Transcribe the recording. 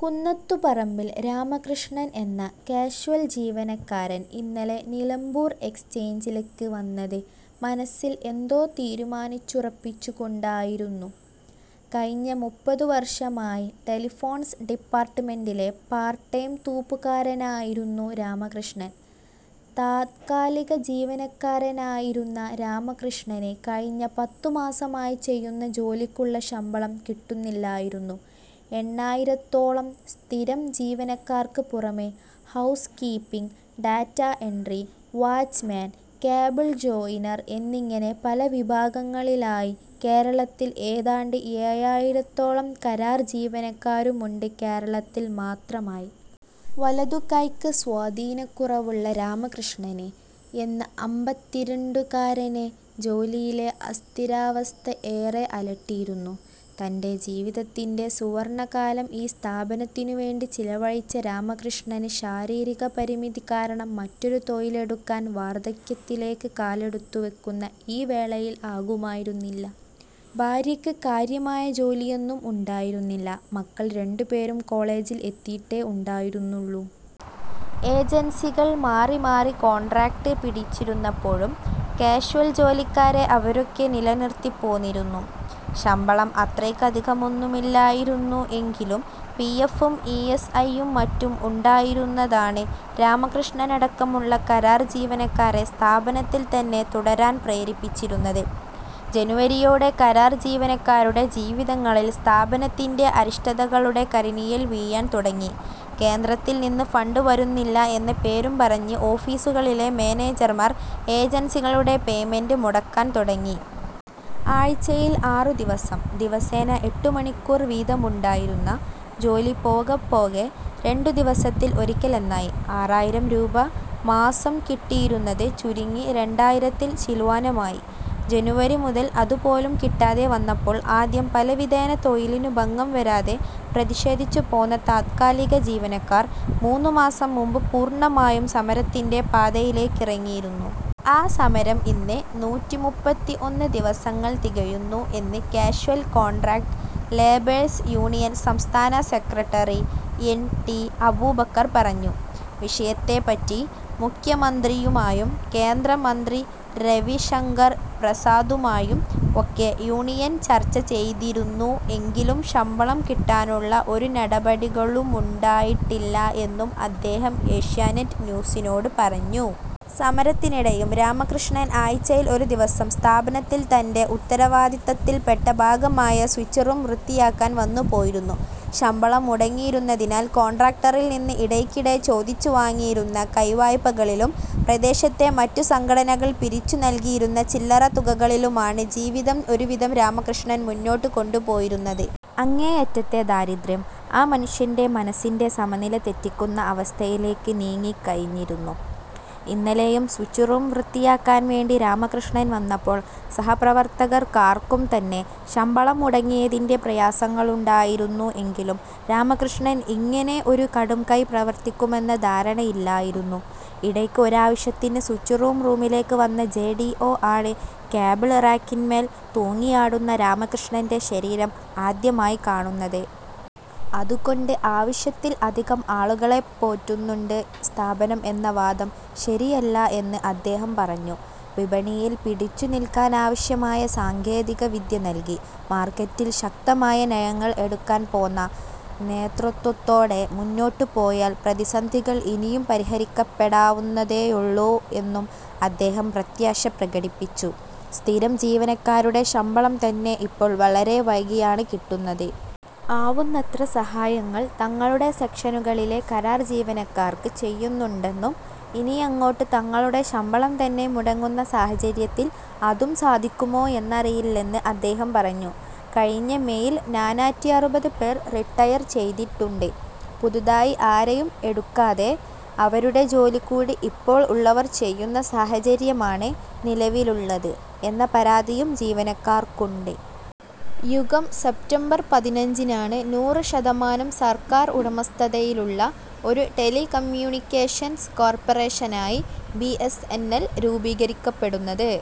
കുന്നത്തുപറമ്പിൽ രാമകൃഷ്ണൻ എന്ന കാഷ്വൽ ജീവനക്കാരൻ ഇന്നലെ നിലമ്പൂർ എക്സ്ചേഞ്ചിലെക്ക് വന്നത് മനസ്സിൽ എന്തോ തീരുമാനിച്ചുറപ്പിച്ചുകൊണ്ടായിരുന്നു. കഴിഞ്ഞ മുപ്പതുവർഷമായി ടെലിഫോൺസ് ഡിപ്പാർട്ട്മെന്റിലെ പാർട്ട് ടൈം തൂപ്പുകാരനായിരുന്നു രാമകൃഷ്ണൻ. താത്കാലിക ജീവനക്കാരനായിരുന്ന രാമകൃഷ്ണന് കഴിഞ്ഞ പത്തുമാസമായി ചെയ്യുന്ന ജോലിക്കുള്ള ശമ്പളം കിട്ടുന്നില്ലായിരുന്നു. എണ്ണായിരത്തോളം സ്ഥിരം ജീവനക്കാർക്ക് പുറമെ, housekeeping, data entry, watchman, cable joiner എന്നിങ്ങനെ പല വിഭാഗങ്ങളിലായി കേരളത്തിൽ ഏതാണ്ട് ഏഴായിരത്തോളം കരാർ ജീവനക്കാരുമുണ്ട് കേരളത്തിൽ മാത്രമായി. വലതുകൈക്ക് സ്വാധീനകുറവുള്ള രാമകൃഷ്ണൻ എന്ന അമ്പത്തിരണ്ടുകാരനെ ജോലിയിലെ അസ്ഥിരാവസ്ഥ ഏറെ അലട്ടിയിരുന്നു. തന്റെ ജീവിതത്തിന്റെ സുവർണകാലം ഈ സ്ഥാപനത്തിനുവേണ്ടി ചെലവഴിച്ച രാമകൃഷ്ണന് ശാരീരികപരിമിതി കാരണം മറ്റൊരു തൊഴിലെടുക്കാൻ വാർധക്യത്തിലേക്ക് കാലെടുത്തുവെക്കുന്ന ഈ വേളയിൽ ആകുമായിരുന്നില്ല. ഭാര്യക്ക് കാര്യമായ ജോലിയൊന്നും ഉണ്ടായിരുന്നില്ല. മക്കൾ രണ്ടുപേരും കോളേജിൽ എത്തിയിട്ടേ ഉണ്ടായിരുന്നുള്ളൂ. ഏജൻസികൾ മാറിമാറി കോൺട്രാക്ട് പിടിച്ചിരുന്നപ്പോഴും, കാഷ്വൽ ജോലിക്കാരെ അവരൊക്കെ നിലനിർത്തിപ്പോന്നിരുന്നു. ശമ്പളം അത്രയ്ക്കധികമൊന്നുമില്ലായിരുന്നു എങ്കിലും പിഎഫും ഇഎസ്ഐയും മറ്റും ഉണ്ടായിരുന്നതാണ് രാമകൃഷ്ണനടക്കമുള്ള കരാർ ജീവനക്കാരെ സ്ഥാപനത്തിൽ തന്നെ തുടരാൻ പ്രേരിപ്പിച്ചിരുന്നത്. ജനുവരിയോടെ കരാർ ജീവനക്കാരുടെ ജീവിതങ്ങളിൽ സ്ഥാപനത്തിന്റെ അരിഷ്ടതകളുടെ കരിനിഴൽ വീഴാൻ തുടങ്ങി. കേന്ദ്രത്തിൽ നിന്ന് ഫണ്ട് വരുന്നില്ല എന്ന പേരും പറഞ്ഞ് ഓഫീസുകളിലെ മാനേജർമാർ ഏജൻസികളുടെ പേയ്മെന്റ് മുടക്കാൻ തുടങ്ങി. ആഴ്ചയിൽ ആറുദിവസം, ദിവസേന എട്ടുമണിക്കൂർ വീതമുണ്ടായിരുന്ന ജോലി പോകെപ്പോകെ രണ്ടുദിവസത്തിൽ ഒരിക്കൽ എന്നായി. ആറായിരം രൂപ മാസം കിട്ടിയിരുന്നത് ചുരുങ്ങി രണ്ടായിരത്തിൽ ചില്വാനമായി. ജനുവരി മുതൽ അതുപോലും കിട്ടാതെ വന്നപ്പോൾ ആദ്യം പലവിധേന തൊഴിലിനു ഭംഗം വരാതെ പ്രതിഷേധിച്ചു പോന്ന താത്കാലിക ജീവനക്കാർ മൂന്നുമാസം മുമ്പ് പൂർണ്ണമായും സമരത്തിന്റെ പാതയിലേക്കിറങ്ങിയിരുന്നു. ആ സമരം ഇന്ന് നൂറ്റിമുപ്പത്തിഒന്ന് ദിവസങ്ങൾ തികയുന്നു എന്ന് കാഷ്വൽ കോൺട്രാക്ട് ലേബേഴ്സ് യൂണിയൻ സംസ്ഥാന സെക്രട്ടറി എൻ ടി അബൂബക്കർ പറഞ്ഞു. വിഷയത്തെപ്പറ്റി മുഖ്യമന്ത്രിയുമായും കേന്ദ്രമന്ത്രി രവിശങ്കർ പ്രസാദുമായും ഒക്കെ യൂണിയൻ ചർച്ച ചെയ്തിരുന്നു എങ്കിലും ശമ്പളം കിട്ടാനുള്ള ഒരു നടപടികളുമുണ്ടായിട്ടില്ല എന്നും അദ്ദേഹം ഏഷ്യാനെറ്റ് ന്യൂസിനോട് പറഞ്ഞു. സമരത്തിനിടെയും രാമകൃഷ്ണൻ ആഴ്ചയിൽ ഒരു ദിവസം സ്ഥാപനത്തിൽ തന്റെ ഉത്തരവാദിത്തത്തിൽ പെട്ട ഭാഗമായ സ്വിച്ച് റൂം വൃത്തിയാക്കാൻ വന്നുപോയിരുന്നു. ശമ്പളം മുടങ്ങിയിരുന്നതിനാൽ കോൺട്രാക്ടറിൽ നിന്ന് ഇടയ്ക്കിടെ ചോദിച്ചുവാങ്ങിയിരുന്ന കൈവായ്പകളിലും, പ്രദേശത്തെ മറ്റു സംഘടനകൾ പിരിച്ചു നൽകിയിരുന്ന ചില്ലറ തുകകളിലുമാണ് ജീവിതം ഒരുവിധം രാമകൃഷ്ണൻ മുന്നോട്ടു കൊണ്ടുപോയിരുന്നത്. അങ്ങേയറ്റത്തെ ദാരിദ്ര്യം ആ മനുഷ്യന്റെ മനസ്സിന്റെ സമനില തെറ്റിക്കുന്ന അവസ്ഥയിലേക്ക് നീങ്ങിക്കഴിഞ്ഞിരുന്നു. ഇന്നലെയും സ്വിച്ച് റൂം വൃത്തിയാക്കാൻ വേണ്ടി രാമകൃഷ്ണൻ വന്നപ്പോൾ സഹപ്രവർത്തകർക്കാർക്കും തന്നെ, ശമ്പളം മുടങ്ങിയതിന്റെ പ്രയാസങ്ങളുണ്ടായിരുന്നു എങ്കിലും രാമകൃഷ്ണൻ ഇങ്ങനെ ഒരു കടുംകൈ പ്രവർത്തിക്കുമെന്ന ധാരണയില്ലായിരുന്നു. ഇടക്ക് ഒരാവശ്യത്തിന് സ്വിച്ച്റൂം റൂമിലേക്ക് വന്ന ജെടിഓ ആണ് കേബിൾ റാക്കിന്മേൽ തൂങ്ങിയാടുന്ന രാമകൃഷ്ണന്റെ ശരീരം ആദ്യമായി കാണുന്നത്. അതുകൊണ്ട് ആവശ്യത്തിൽ അധികം ആളുകളെപ്പോറ്റുന്നുണ്ട് സ്ഥാപനം എന്ന വാദം ശരിയല്ല എന്ന് അദ്ദേഹം പറഞ്ഞു. വിപണിയിൽ പിടിച്ചു നിൽക്കാനാവശ്യമായ സാങ്കേതിക വിദ്യ നൽകി, മാർക്കറ്റിൽ ശക്തമായ നയങ്ങൾ എടുക്കാൻ പോന്ന നേതൃത്വത്തോടെ മുന്നോട്ടുപോയാൽ പ്രതിസന്ധികൾ ഇനിയും പരിഹരിക്കപ്പെടാവുന്നതേയുള്ളൂ എന്നും അദ്ദേഹം പ്രത്യാശ പ്രകടിപ്പിച്ചു. സ്ഥിരം ജീവനക്കാരുടെ ശമ്പളം തന്നെ ഇപ്പോൾ വളരെ വൈകിയാണ് കിട്ടുന്നത്. ആവുന്നത്ര സഹായങ്ങൾ തങ്ങളുടെ സെക്ഷനുകളിലെ കരാർ ജീവനക്കാർക്ക് ചെയ്യുന്നുണ്ടെന്നും, ഇനിയങ്ങോട്ട് തങ്ങളുടെ ശമ്പളം തന്നെ മുടങ്ങുന്ന സാഹചര്യത്തിൽ അതും സാധിക്കുമോ എന്നറിയില്ലെന്ന് അദ്ദേഹം പറഞ്ഞു. കഴിഞ്ഞ മെയിൽ നാനാറ്റിഅറുപത് പേർ റിട്ടയർ ചെയ്തിട്ടുണ്ട്. പുതുതായി ആരെയും എടുക്കാതെ അവരുടെ ജോലി കൂടി ഇപ്പോൾ ഉള്ളവർ ചെയ്യുന്ന സാഹചര്യമാണ് നിലവിലുള്ളത് എന്ന പരാതിയും ജീവനക്കാർക്കുണ്ട്.. യുഗം സെപ്റ്റംബർ പതിനഞ്ചിനാണ് നൂറ് ശതമാനം സർക്കാർ ഉടമസ്ഥതയിലുള്ള ഒരു ടെലികമ്യൂണിക്കേഷൻസ് കോർപ്പറേഷനായി ബിഎസ്എൻഎൽ രൂപീകരിക്കപ്പെടുന്നത്.